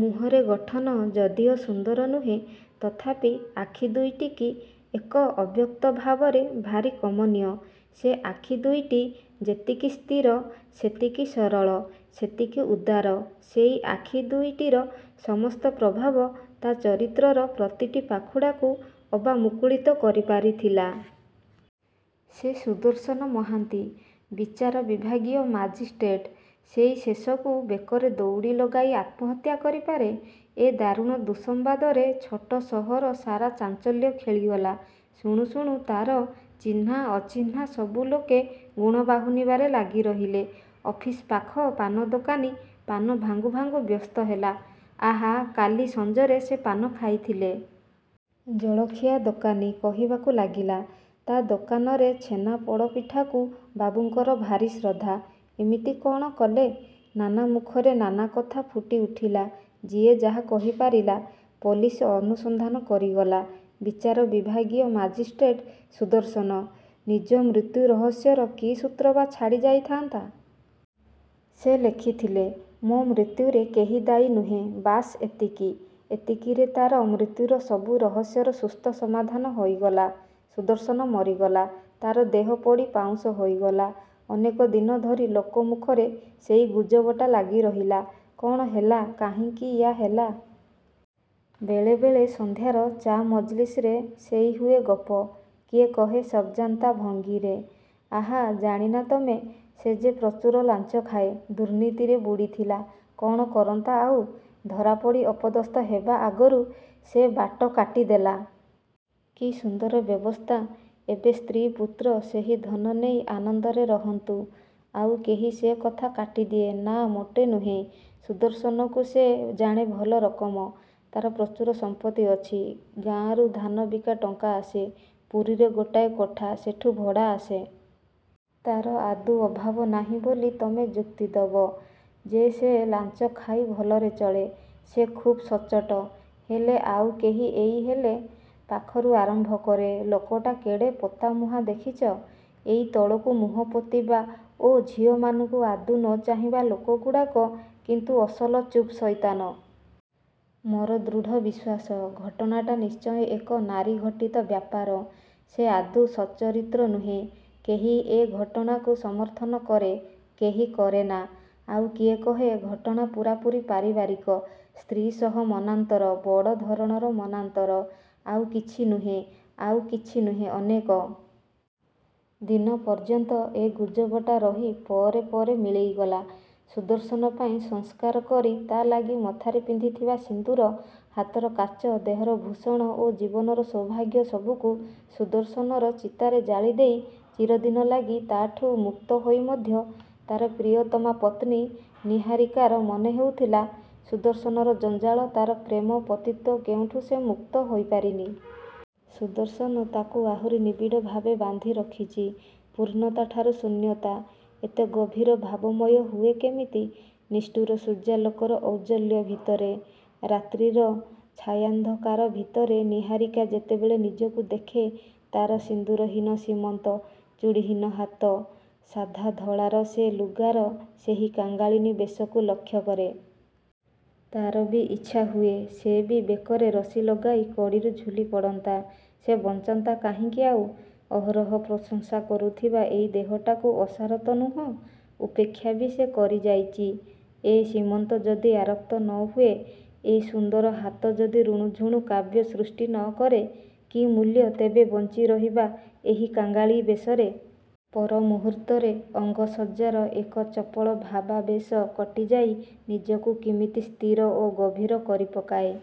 ମୁହଁରେ ଗଠନ ଯଦିଓ ସୁନ୍ଦର ନୁହେଁ, ତଥାପି ଆଖି ଦୁଇଟି କି ଏକ ଅବ୍ୟକ୍ତ ଭାବରେ ଭାରି କମନୀୟ! ସେ ଆଖି ଦୁଇଟି ଯେତିକି ସ୍ଥିର, ସେତିକି ସରଳ; ସେତିକି ଉଦାର। ସେଇ ଆଖି ଦୁଇଟିର ସମସ୍ତ ପ୍ରଭାବ ତା ଚରିତ୍ରର ପ୍ରତିଟି ପାଖୁଡ଼ାକୁ ଅବା ମୁକୁଳିତ କରିପାରିଥିଲା। ସେ ସୁଦର୍ଶନ ମହାନ୍ତି, ବିଚାର ବିଭାଗୀୟ ମାଜିଷ୍ଟ୍ରେଟ। ସେଇ ଶେଷକୁ ବେକରେ ଦଉଡ଼ି ଲଗାଇ ଆତ୍ମହତ୍ୟା କରିପାରେ! ଏ ଦାରୁଣ ଦୁଃସମ୍ବାଦରେ ଛୋଟ ସହର ସାରା ଚାଞ୍ଚଲ୍ୟ ଖେଳିଗଲା। ଶୁଣୁ ଶୁଣୁ ତାର ଚିହ୍ନାଅଚିହ୍ନା ସବୁ ଲୋକେ, ଗୁଣ ବାହୁନିବାରେ ଲାଗି ରହିଲେ। ଅଫିସ୍ ପାଖ ପାନଦୋକାନୀ ପାନ ଭାଙ୍ଗୁ ଭାଙ୍ଗୁ ବ୍ୟସ୍ତ ହେଲା "ଆହା, କାଲି ସଞ୍ଜରେ ସେ ପାନ ଖାଇଥିଲେ।" ଜଳଖିଆ ଦୋକାନୀ କହିବାକୁ ଲାଗିଲା, "ତା' ଦୋକାନରେ ଛେନା ପୋଡ଼ପିଠାକୁ ବାବୁଙ୍କର ଭାରି ଶ୍ରଦ୍ଧା। ଏମିତି କଣ କଲେ?" ନାନା ମୁଖରେ ନାନା କଥା ଫୁଟିଉଠିଲା। ଯିଏ ଯାହା କହିପାରିଲା, ପୋଲିସ୍ ଅନୁସନ୍ଧାନ କରିଗଲା, ବିଚାର ବିଭାଗୀୟ ମାଜିଷ୍ଟ୍ରେଟ ସୁଦର୍ଶନ, ନିଜ ମୃତ୍ୟୁ ରହସ୍ୟର କି ସୂତ୍ର ବା ଛାଡ଼ି ଯାଇଥାନ୍ତା? ସେ ଲେଖିଥିଲେ, "ମୋ' ମୃତ୍ୟୁରେ କେହି ଦାୟୀ ନୁହେଁ; ବାସ୍ ଏତିକି।"ଏତିକିରେ ତା'ର ମୃତ୍ୟୁର ସବୁ ରହସ୍ୟର ସୁସ୍ଥ ସମାଧାନ ହୋଇଗଲା। ସୁଦର୍ଶନ ମରିଗଲା। ତାର ଦେହ ପୋଡ଼ି ପାଉଁଶ ହୋଇଗଲା। ଅନେକ ଦିନ ଧରି ଲୋକମୁଖରେ ସେଇ ଗୁଜବଟା ଲାଗିରହିଲା। କ'ଣ ହେଲା? କାହିଁକି ୟା ହେଲା? ବେଳେ ବେଳେ ସଂଧ୍ୟାର ଚା ମଜଲିସ୍ରେ ସେଇ ହୁଏ ଗପ। କିଏ କହେ ସବ୍‌ଜାନ୍ତା ଭଙ୍ଗୀରେ, "ଆହା ଜାଣି ନା ତମେ, ସେ ଯେ ପ୍ରଚୁର ଲାଞ୍ଚ ଖାଏ, ଦୁର୍ନୀତିରେ ବୁଡ଼ିଥିଲା। କ'ଣ କରନ୍ତା ଆଉ? ଧରାପଡ଼ି ଅପଦସ୍ଥ ହେବା ଆଗରୁ ସେ ବାଟ କାଟିଦେଲା। କି ସୁନ୍ଦର ବ୍ୟବସ୍ଥା! ଏବେ ସ୍ତ୍ରୀ-ପୁତ୍ର ସେହି ଧନ ନେଇ ଆନନ୍ଦରେ ରହନ୍ତୁ।"ଆଉ କେହି ସେ କଥା କାଟିଦିଏ, "ନାଁ, ମୋଟେ ନୁହେଁ। ସୁଦର୍ଶନକୁ ସେ ଜାଣେ ଭଲ ରକମ। ତାର ପ୍ରଚୁର ସମ୍ପତ୍ତି ଅଛି। ଗାଁରୁ ଧାନ ବିକା ଟଙ୍କା ଆସେ। ପୁରୀରେ ଗୋଟାଏ କୋଠା; ସେଠୁ ଭଡ଼ା ଆସେ। ତାର ଆଦୌ ଅଭାବ ନାହିଁ ବୋଲି ତମେ ଯୁକ୍ତି ଦବ ଯେ ସେ ଲାଞ୍ଚ ଖାଇ ଭଲରେ ଚଳେ? ସେ ଖୁବ୍ ସଚ୍ଚୋଟ। ହେଲେ"ଆଉ କେହି ଏଇ 'ହେଲେ' ପାଖରୁ ଆରମ୍ଭ କରେ, "ଲୋକଟା କେଡ଼େ ପୋତାମୁହାଁ ଦେଖିଚ? ଏଇ ତଳକୁ ମୁହଁପୋତିବା ଓ ଝିଅମାନଙ୍କୁ ଆଦୌ ନ ଚାହିଁବା ଲୋକଗୁଡ଼ାକ କିନ୍ତୁ ଅସଲ ଚୁପ୍‌ସଇତାନ! ମୋର ଦୃଢ଼ ବିଶ୍ୱାସ, ଘଟଣାଟା ନିଶ୍ଚୟ ଏକ ନାରୀଘଟିତ ବ୍ୟାପାର। ସେ ଆଦୌ ସଚ୍ଚରିତ୍ର ନୁହେଁ।"କେହି ଏ ଘଟଣାକୁ ସମର୍ଥନ କରେ, କେହି କରେ ନାଁ, ଆଉ କିଏ କହେ, "ଘଟଣା ପୂରାପୂରି ପାରିବାରିକ। ସ୍ତ୍ରୀ ସହ ମନାନ୍ତର, ବଡ଼ ଧରଣର ମନାନ୍ତର। ଆଉ କିଛି ନୁହେଁ, ଆଉ କିଛି ନୁହେଁ।"ଅନେକ ଦିନ ପର୍ଯ୍ୟନ୍ତ ଏ ଗୁଜବଟା ରହି ପରେ ପରେ ମିଳେଇଗଲା। ସୁଦର୍ଶନ ପାଇଁ ସଂସ୍କାର କରି, ତା' ଲାଗି ମଥାରେ ପିନ୍ଧିଥିବା ସିନ୍ଦୂର, ହାତର କାଚ, ଦେହର ଭୂଷଣ ଓ ଜୀବନର ସୌଭାଗ୍ୟ ସବୁକୁ ସୁଦର୍ଶନର ଚିତାରେ ଜାଳିଦେଇ ଚିରଦିନ ଲାଗି ତା' ଠୁ ମୁକ୍ତ ହୋଇ ମଧ୍ୟ, ତାର ପ୍ରିୟତମା ପତ୍ନୀ ନିହାରିକାର ମନେହେଉଥିଲା, ସୁଦର୍ଶନର ଜଞ୍ଜାଳ, ତାର ପ୍ରେମ, ପତିତ୍ୱ କେଉଁଠୁ ସେ ମୁକ୍ତ ହୋଇପାରିନି। ସୁଦର୍ଶନ ତାକୁ ଆହୁରି ନିବିଡ଼ଭାବେ ବାନ୍ଧି ରଖିଚି। ପୂର୍ଣ୍ଣତା ଠାରୁ ଶୂନ୍ୟତା। ଏତେ ଗଭୀର ଭାବମୟ ହୁଏ କେମିତି? ନିଷ୍ଠୁର ସୂର୍ଯ୍ୟାଲୋକର ଔଜ୍ଜ୍ୱଲ୍ୟ ଭିତରେ, ରାତ୍ରିର ଛାୟାନ୍ଧକାର ଭିତରେ ନିହାରିକା ଯେତେବେଳେ ନିଜକୁ ଦେଖେ, ତାର ସିନ୍ଦୂରହୀନ ସୀମନ୍ତ, ଚୁଡ଼ିହୀନ ହାତ, ସାଧା ଧଳାର ସେ ଲୁଗାର ସେହି କାଙ୍ଗାଳିନୀ ବେଶକୁ ଲକ୍ଷ୍ୟକରେ। ତାର ବି ଇଚ୍ଛା ହୁଏ, ସେ ବି ବେକରେ ରଶି ଲଗାଇ କଡ଼ିରୁ ଝୁଲି ପଡ଼ନ୍ତା। ସେ ବଞ୍ଚନ୍ତା କାହିଁକି ଆଉ? ଅହରହ ପ୍ରଶଂସା କରୁଥିବା ଏହି ଦେହଟାକୁ ଅସାର ତ ନୁହଁ, ଉପେକ୍ଷା ବି ସେ କରିଯାଇଚି। ଏ ସୀମନ୍ତ ଯଦି ଆରକ୍ତ ନ ହୁଏ, ଏ ସୁନ୍ଦର ହାତ ଯଦି ରୁଣୁଝୁଣୁ କାବ୍ୟ ସୃଷ୍ଟି ନ କରେ, କି ମୂଲ୍ୟ ତେବେ ବଞ୍ଚିରହିବା ଏହି କାଙ୍ଗାଳି ବେଶରେ! ପରମୁହୂର୍ତ୍ତରେ ଅଙ୍ଗସଜ୍ଜାର ଏକ ଚପଳ ଭାବାବେଶ କଟିଯାଇ ନିଜକୁ କିମିତି ସ୍ଥିର ଓ ଗଭୀର କରିପକାଏ।